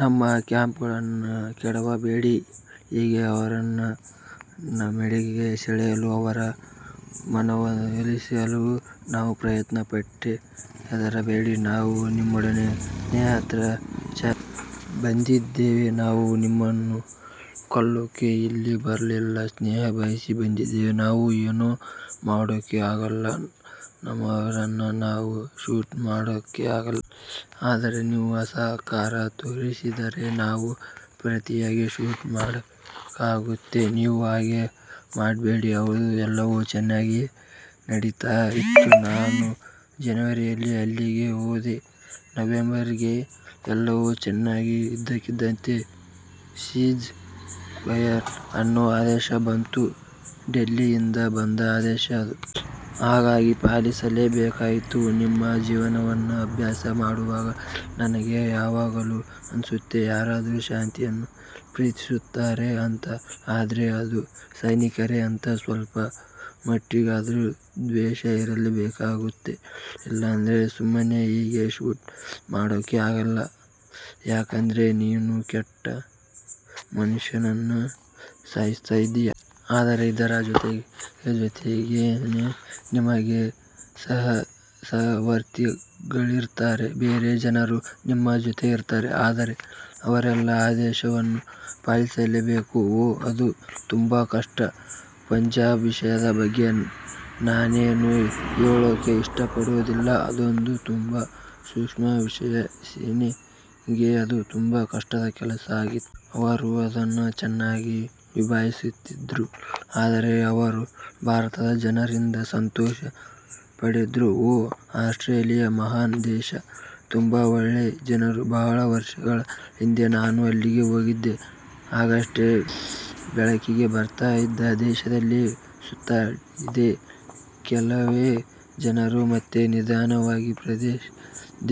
ನಮ್ಮ ಕ್ಯಾಂಪ್ಗಳನ್ನ ಕೆಡವಬೇಡಿ. ಹೀಗೆ ಅವರನ್ನ ನಮ್ಮೆಡೆಗೆ ಸೆಳೆಯಲು, ಅವರ ಮನವೊಲಿಸಲು ನಾನು ಪ್ರಯತ್ನ ಪಟ್ಟೆ. ಹೆದರಬೇಡಿ ನಾವು ನಿಮ್ಮೊಡನೆ ಸ್ನೇಹಹಸ್ತ ಚಾಚಿ ಬಂದಿದ್ದೇವೆ. ನಾವು ನಿಮ್ಮನ್ನು ಕೊಲ್ಲೋಕೆ ಇಲ್ಲಿ ಬರ್ಲಿಲ್ಲ. ಸ್ನೇಹ ಬಯಸಿ ಬಂದಿದ್ದೇವೆ. ನಾವು ಏನೂ ಮಾಡೋಕ್ಕೆ ಆಗೋಲ್ಲ. ನಮ್ಮವರನ್ನ ನಾವು ಶೂಟ್ ಮಾಡಕ್ಕೆ ಆಗಲ್ಲ. ಆದರೆ ನೀವು ಅಸಹಕಾರ ತೋರಿಸಿದರೆ ನಾವು ಪ್ರತಿಯಾಗಿ ಶೂಟ್ ಮಾಡಲೇಬೇಕಾಗುತ್ತೆ. ನೀವು ಹಾಗೆ ಮಾಡ್ಬೇಡಿ ಹೌದು. ಎಲ್ಲವೂ ಚೆನ್ನಾಗಿಯೇ ನಡೀತಾ ಇತ್ತು. ನಾನು ಜನವರಿಯಲ್ಲಿ ಅಲ್ಲಿಗೆ ಹೋದೆ. ನವೆಂಬರ್ವರೆಗೆ ಎಲ್ಲವೂ ಚೆನ್ನಾಗಿತ್ತು. ಇದ್ದಕ್ಕಿದ್ದಂತೆ "ಸೀಜ್ ಫಯರ್" ಅನ್ನೋ ಆದೇಶ ಬಂತು. ಡೆಲ್ಲಿಯಿಂದ ಬಂದ ಆದೇಶ ಅದು. ಹಾಗಾಗಿ ಪಾಲಿಸಲೇ ಬೇಕಾಯ್ತು. ನಿಮ್ಮ ಜೀವನವನ್ನ ಅಭ್ಯಾಸ ಮಾಡುವಾಗ ನನಗೆ ಯಾವಾಗಲೂ ಅನ್ಸುತ್ತೆ, ಯಾರಾದ್ರು ಶಾಂತಿಯನ್ನು ಪ್ರೀತಿಸ್ತಾರೆ ಅಂತ ಆದ್ರೆ ಅದು ಸೈನಿಕರೇ ಅಂತ. ಸ್ವಲ್ಪ ಮಟ್ಟಿಗಾದ್ರೂ ದ್ವೇಷ ಇರಲೇಬೇಕಾಗುತ್ತೆ. ಇಲ್ಲಾಂದ್ರೆ ಸುಮ್ಮನೆ ಹೀಗೆ ಶೂಟ್ ಮಾಡೋಕೆ ಆಗೋಲ್ಲ. ಯಾಕಂದ್ರೆ ನೀನು ಕೆಟ್ಟ ಮನುಷ್ಯನನ್ನ ಸಾಯಿಸ್ತ ಇದ್ದೀಯ. ಆದರೆ ಇದರ ಜೊತೆ ಜೊತೆಗೇನೆ ನಿಮಗೆ ಸಹವರ್ತಿಗಳಿರ್ತಾರೆ. ಬೇರೆ ಜನರು ನಿಮ್ಮ ಜೊತೆ ಇರ್ತಾರೆ. ಆದರೆ ಅವರೆಲ್ಲ ಆದೇಶವನ್ನು ಪಾಲಿಸಲೇಬೇಕು. ಓ, ಅದು ತುಂಬಾ ಕಷ್ಟ. ಪಂಜಾಬ್ ವಿಷಯದ ಬಗ್ಗೆ ನಾನೇನು ಹೇಳೋಕ್ಕೆ ಇಷ್ಟಪಡೋದಿಲ್ಲ. ಅದೊಂದು ತುಂಬಾ ಸೂಕ್ಷ್ಮ ವಿಷಯ. ಸೇನೆಗೆ ಅದು ತುಂಬಾ ಕಷ್ಟದ ಕೆಲಸ ಆಗಿತ್ತು. ಅವರು ಅದನ್ನ ಚೆನ್ನಾಗಿ ನಿಭಾಯಿಸಿದ್ರು. ಆದರೆ ಅವರು ಭಾರತದ ಜನರಿಂದ ಸಂತೋಷ ಪಡೆದ್ರು. ಓ, ಆಸ್ಟ್ರೇಲಿಯಾ ಮಹಾನ್ ದೇಶ. ತುಂಬಾ ಒಳ್ಳೆ ಜನರು. ಬಹಳ ವರ್ಷಗಳ ಹಿಂದೆ ನಾನು ಅಲ್ಲಿಗೆ ಹೋಗಿದ್ದೆ. ಆಗಷ್ಟೇ ಬೆಳಕಿಗೆ ಬರ್ತಾ ಇದ್ದ ದೇಶದಲ್ಲಿ ಸುತ್ತಾಡಿದೆ. ಕೆಲವೇ ಜನರು ಮತ್ತೆ ನಿಧಾನವಾಗಿ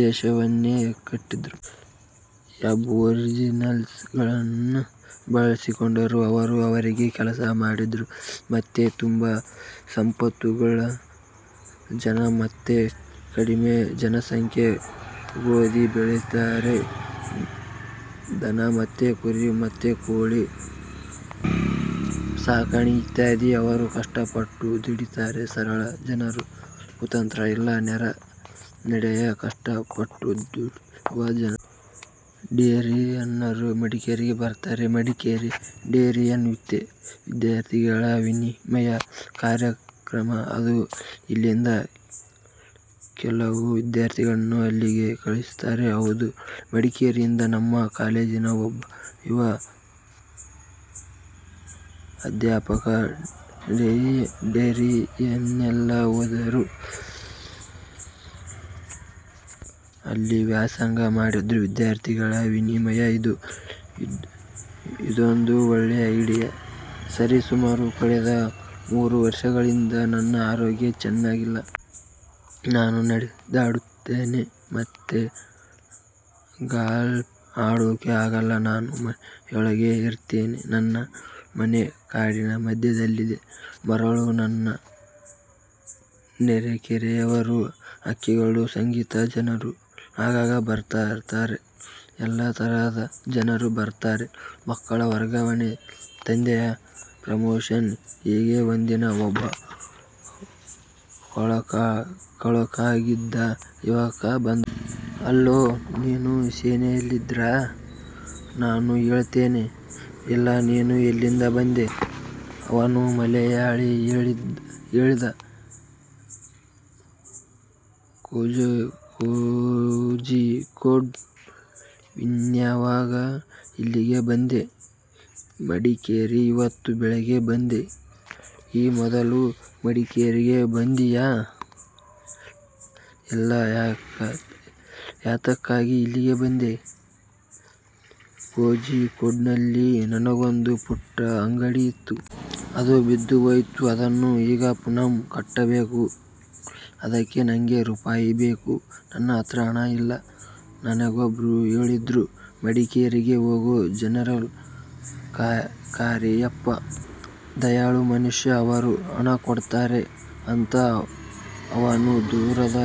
ದೇಶವನ್ನೆ ಕಟ್ಟಿದ್ರು. ಎಬ್ಓರಿಜಿನ್ಸ್ಗಳನ್ನ ಬಳಸಿಕೊಂಡರು. ಅವರು ಅವರಿಗೆ ಕೆಲಸ ಮಾಡಿದ್ರು. ಮತ್ತೆ ತುಂಬಾ ಸಂಪತ್ತುಳ್ಳ ಜನ. ಮತ್ತೆ ಕಡಿಮೆ ಜನಸಂಖ್ಯೆ. ಗೋಧಿ ಬೆಳಿತಾರೆ. ದನ ಮತ್ತೆ ಕುರಿ ಮತ್ತೆ ಕೋಳಿ ಸಾಕಣೆ ಇತ್ಯಾದಿ. ಅವರು ಕಷ್ಟ ಪಟ್ಟು ದುಡೀತಾರೆ. ಸರಳ ಜನರು. ಕುತಂತ್ರ ಇಲ್ಲ. ನೇರ ನಡೆಯ ಕಷ್ಟ ಪಟ್ಟು ದುಡಿವ ಜನ. ಡೇರಿಯನ್ನರು ಮಡಿಕೇರಿಗೆ ಬರ್ತಾರೆ. ಮಡಿಕೇರಿ ಡೇರಿಯನ್ ವಿದ್ಯಾರ್ಥಿಗಳ ವಿನಿಮಯ ಕಾರ್ಯಕ್ರಮ ಅದು. ಇಲ್ಲಿಂದ ಕೆಲವು ವಿದ್ಯಾರ್ಥಿಗಳನ್ನ ಅಲ್ಲಿಗೆ ಕಳಿಸ್ತಾರೆ. ಹೌದು. ಮಡಿಕೇರಿಯಿಂದ ನಮ್ಮ ಕಾಲೇಜಿನ ಒಬ್ಬ ಯುವ ಅಧ್ಯಾಪಕ ಡೇರಿಯನ್ಗೆಲ್ಲ ಹೋದರು. ಅಲ್ಲಿ ವ್ಯಾಸಂಗ ಮಾಡಿದ್ರು. ವಿದ್ಯಾರ್ಥಿಗಳ ವಿನಿಮಯ ಇದು. ಇದೊಂದು ಒಳ್ಳೆ ಐಡಿಯಾ. ಸರಿಸುಮಾರು ಕಳೆದ ಮೂರು ವರ್ಷಗಳಿಂದ ನನ್ನ ಆರೋಗ್ಯ ಚೆನ್ನಾಗಿಲ್ಲ. ನಾನು ನಡೆದಾಡ್ತೇನೆ. ಮತ್ತೆ ಗಾಲ್ಫ್ ಆಡೋಕೆ ಆಗಲ್ಲ. ನಾನು ಮನೆಯೊಳಗೆ ಇರ್ತೀನೆ. ನನ್ನ ಮನೆ ಕಾಡಿನ ಮಧ್ಯದಲ್ಲಿದೆ. ಮರಗಳು, ನನ್ನ ನೆರೆಕೆರೆಯವರು, ಹಕ್ಕಿಗಳು, ಸಂಗೀತ. ಜನರು ಆಗಾಗ ಬರ್ತಿರ್ತಾರೆ. ಎಲ್ಲಾ ತರದ ಜನರು ಬರ್ತಾರೆ. ಮಕ್ಕಳ ವರ್ಗಾವಣೆ, ತಂದೆಯ ಪ್ರಮೋಶನ್ ಹೀಗೆ ಒಂದಿನ ಒಬ್ಬ ಕೊಳಕಾಗಿದ್ದ ಯುವಕ ಬಂದ. 'ಹಲೋ, ನೀವು ಸೇನೆಯಲ್ಲಿದ್ರಾ? ' ನಾನು ಹೇಳ್ತೇನೆ 'ಇಲ್ಲಾ' 'ನೀನು ಎಲ್ಲಿಂದ ಬಂದೆ? ' ಅವನು ಮಲೆಯಾಳಿ, ಹೇಳ್ದ 'ಕೋಝಿಕೋಡ್' 'ನೀನ್ಯಾವಾಗ ಇಲ್ಲಿಗೆ ಬಂದೆ? ' 'ಮಡಿಕೇರಿಗೆ ಇವತ್ತು ಬೆಳಿಗ್ಗೆ ಬಂದೆ' 'ಈ ಮೊದಲು ಮಡಿಕೇರಿಗೆ ಬಂದಿದಿಯಾ? ' 'ಇಲ್ಲ' 'ಯಾತಕ್ಕಾಗಿ ಇಲ್ಲಿಗೆ ಬಂದೆ? ' ಕೋಝಿಕೋಡ್ನಲ್ಲಿ ನನಗೊಂದು ಪುಟ್ಟ ಅಂಗಡಿಯಿತ್ತು. ಅದು ಬಿದ್ದು ಹೋಯಿತು. ಅದನ್ನ ಈಗ ಪುನಃ ಕಟ್ಟಬೇಕು. ಅದಕ್ಕೆ ನನಗೆ ರೂಪಾಯಿ ಬೇಕು. ನನ್ನ ಹತ್ರ ಹಣ ಇಲ್ಲ. ನನಗೊಬ್ರು ಹೇಳಿದ್ರು – ಮಡಿಕೇರಿಗೆ ಹೋಗು, ಜನರಲ್ ಕಾರಿಯಪ್ಪ ದಯಾಳು ಮನುಷ್ಯ. ಅವರು ಹಣ ಕೊಡ್ತಾರೆ' ಅಂತ. ಅವನು ದೂರದ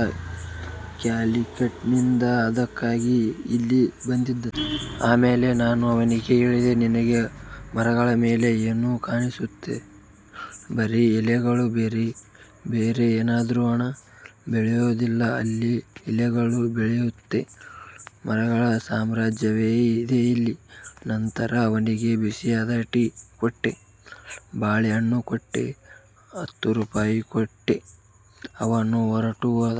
ಕ್ಯಾಲಿಕಟ್ನಿಂದ ಅದಕ್ಕಾಗಿ ಇಲ್ಲಿ ಬಂದಿದ್ದ. ಆಮೇಲೆ ನಾನು ಅವನಿಗೆ ಹೇಳಿದೆ. ನಿನಗೆ ಮರಗಳ ಮೇಲೆ ಏನು ಕಾಣಿಸುತ್ತೆ? ಬರೀ ಎಲೆಗಳು. ಬೇರೆ ಏನಾದ್ರೂ? ಹಣ ಬೆಳೆಯೋದಿಲ್ಲ ಅಲ್ಲಿ. ಎಲೆಗಳು ಬೆಳೆಯುತ್ತೆ. ಮರಗಳ ಸಾಮ್ರಾಜ್ಯವೇ ಇದೆ ಇಲ್ಲಿ. ನಂತರ ಅವನಿಗೆ ಬಿಸಿಯಾದ ಟೀ ಕೊಟ್ಟೆ. ಬಾಳೆಹಣ್ಣು ಕೊಟ್ಟೆ, ಹತ್ತು ರೂಪಾಯಿ ಕೊಟ್ಟೆ. ಅವನು ಹೊರಟು ಹೋದ.